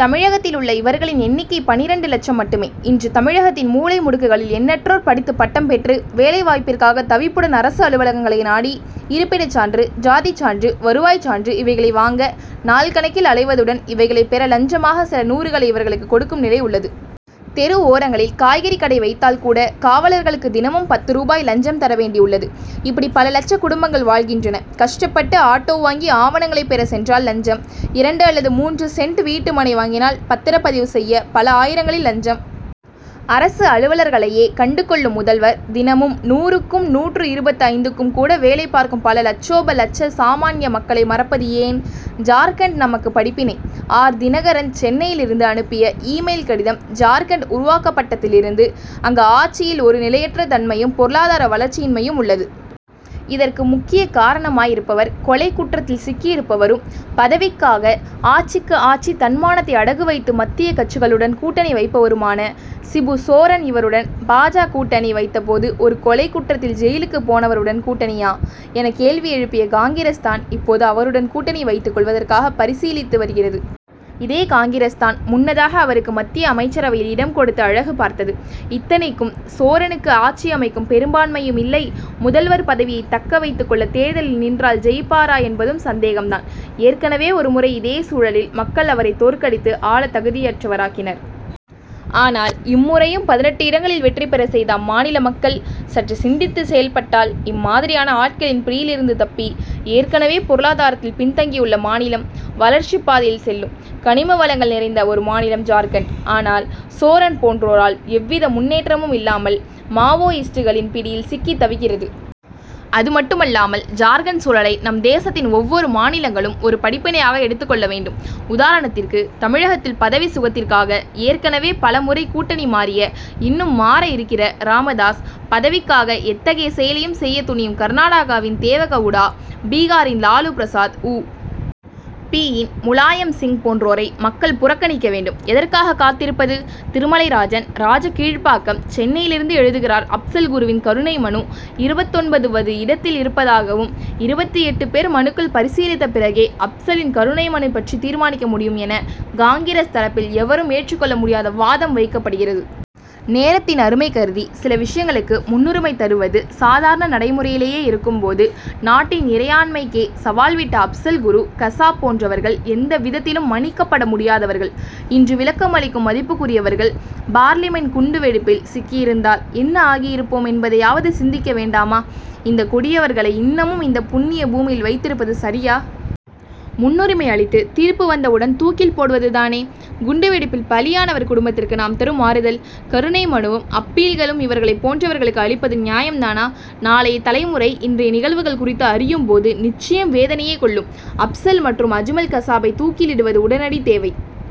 தமிழகத்தில் உள்ள இவர்களின் எண்ணிக்கை பன்னிரண்டு லட்சம் மட்டுமே. இன்று, தமிழகத்தின் மூலை முடுக்குகளில் எண்ணற்றோர் படித்து பட்டம் பெற்று, வேலை வாய்ப்பிற்காக தவிப்புடன் அரசு அலுவலகங்களை நாடி, இருப்பிட சான்று, ஜாதி சான்று, வருவாய் சான்று இவைகளை வாங்க, நாள்கணக்கில் அலைவதுடன், இவைகளை பெற லஞ்சமாக சில நூறுகளை இவர்களுக்கு கொடுக்கும் நிலை உள்ளது. தெரு ஓரங்களில் காய்கறி கடை வைத்தால் கூட, காவலர்களுக்கு தினமும் பத்து ரூபாய் லஞ்சம் தரவேண்டி உள்ளது. இப்படி பல லட்ச குடும்பங்கள் வாழ்கின்றன. கஷ்டப்பட்டு ஆட்டோ வாங்கி, ஆவணங்களை பெற சென்றால் லஞ்சம். இரண்டு அல்லது மூன்று சென்ட் வீட்டு மனை வாங்கினால், பத்திரப் பதிவு செய்ய, பல ஆயிரங்களில் லஞ்சம். அரசு அலுவலர்களையே கண்டு கொள்ளும் முதல்வர், தினமும், நூறுக்கும் நூற்று இருபத்து ஐந்துக்கும் கூட வேலை பார்க்கும் பல லட்சோப லட்ச சாமான்ய மக்களை மறப்பது ஏன்? ஜார்க்கண்ட் நமக்கு படிப்பினை! ஆர். தினகரன், சென்னையிலிருந்து அனுப்பிய, இ-மெயில்' கடிதம்: ஜார்க்கண்ட் உருவாக்கப்பட்டதிலிருந்து, அங்கு ஆட்சியில் ஒரு நிலையற்ற தன்மையும், பொருளாதார வளர்ச்சியின்மையும் உள்ளது. இதற்கு முக்கிய காரணமாய் இருப்பவர், கொலைக் குற்றத்தில் சிக்கியிருப்பவரும், பதவிக்காக ஆட்சிக்கு ஆட்சி, தன்மானத்தை அடகு வைத்து, மத்திய கட்சிகளுடன் கூட்டணி வைப்பவருமான சிபு சோரன். இவருடன் பா. ஜ., கூட்டணி வைத்த போது, ஒரு கொலைக் குற்றத்தில் ஜெயிலுக்கு போனவருடன் கூட்டணியா? ' என கேள்வி எழுப்பிய காங்கிரஸ் தான், இப்போது அவருடன் கூட்டணி வைத்துக் கொள்வதற்காக பரிசீலித்து வருகிறது. இதே காங்கிரஸ் தான், முன்னதாக அவருக்கு மத்திய அமைச்சரவையில் இடம் கொடுத்து அழகு பார்த்தது. இத்தனைக்கும், சோரனுக்கு ஆட்சி அமைக்கும் பெரும்பான்மையும் இல்லை. முதல்வர் பதவியை தக்க வைத்துக் கொள்ள, தேர்தலில் நின்றால் ஜெயிப்பாரா என்பதும் சந்தேகம் தான். ஏற்கனவே ஒருமுறை இதே சூழலில், மக்கள் அவரை தோற்கடித்து, ஆள தகுதியற்றவராக்கினர். ஆனால், இம்முறையும் பதினெட்டு இடங்களில் வெற்றி பெற செய்த அம்மாநில மக்கள், சற்று சிந்தித்து செயல்பட்டால், இம்மாதிரியான ஆட்களின் பிடியிலிருந்து தப்பி, ஏற்கனவே பொருளாதாரத்தில் பின்தங்கியுள்ள மாநிலம், வளர்ச்சிப் பாதையில் செல்லும். கனிமவளங்கள் நிறைந்த ஒரு மாநிலம் ஜார்க்கண்ட். ஆனால், சோரன் போன்றோரால், எவ்வித முன்னேற்றமும் இல்லாமல், மாவோயிஸ்டுகளின் பிடியில் சிக்கி தவிக்கிறது. அதுமட்டுமல்லாமல், ஜார்க்கண்ட் சூழலை நம் தேசத்தின் ஒவ்வொரு மாநிலங்களும், ஒரு படிப்பினையாக எடுத்துக் கொள்ள வேண்டும். உதாரணத்திற்கு, தமிழகத்தில் பதவி சுகத்திற்காக, ஏற்கனவே பலமுறை கூட்டணி மாறிய, இன்னும் மாற இருக்கிற ராமதாஸ், பதவிக்காக எத்தகைய செயலையும் செய்ய துணியும் கர்நாடகாவின் தேவகவுடா, பீகாரின் லாலு பிரசாத், உ. பி.,யின் முலாயம் சிங் போன்றோரை, மக்கள் புறக்கணிக்க வேண்டும். எதற்காக காத்திருப்பது? திருமலைராஜன், ராஜகீழ்பாக்கம், சென்னையிலிருந்து எழுதுகிறார் அப்சல் குருவின் கருணை மனு, இருபத்தொன்பது வது இடத்தில் இருப்பதாகவும், இருபத்து எட்டு பேர் மனுக்கள் பரிசீலித்த பிறகே, அப்சலின் கருணை மனு பற்றி தீர்மானிக்க முடியும்' என, காங்கிரஸ் தரப்பில், எவரும் ஏற்று கொள்ள முடியாத வாதம் வைக்கப்படுகிறது. நேரத்தின் அருமை கருதி, சில விஷயங்களுக்கு முன்னுரிமை தருவது, சாதாரண நடைமுறையிலேயே இருக்கும் போது, நாட்டின் இறையாண்மைக்கே சவால்விட்ட அப்சல் குரு, கசாப் போன்றவர்கள் எந்தவிதத்திலும் மன்னிக்கப்பட முடியாதவர்கள். இன்று விளக்கமளிக்கும் மதிப்புக்குரியவர்கள், பார்லிமென்ட் குண்டுவெடிப்பில் சிக்கியிருந்தால், என்ன ஆகியிருப்போம் என்பதையாவது சிந்திக்க வேண்டாமா? இந்த கொடியவர்களை இன்னமும் இந்த புண்ணிய பூமியில் வைத்திருப்பது சரியா? முன்னுரிமை அளித்து, தீர்ப்பு வந்தவுடன், தூக்கில் போடுவது தானே, குண்டுவெடிப்பில் பாலியானவர் குடும்பத்திற்கு நாம் தரும் ஆறுதல். கருணை மனுவும், அப்பீல்களும் இவர்களை போன்றவர்களுக்கு அளிப்பது நியாயம் தானா? நாளைய தலைமுறை, இன்றைய நிகழ்வுகள் குறித்து அறியும் போது, நிச்சயம் வேதனையே கொள்ளும். அப்சல் மற்றும் அஜ்மல் கசாபை தூக்கிலிடுவது உடனடி தேவை.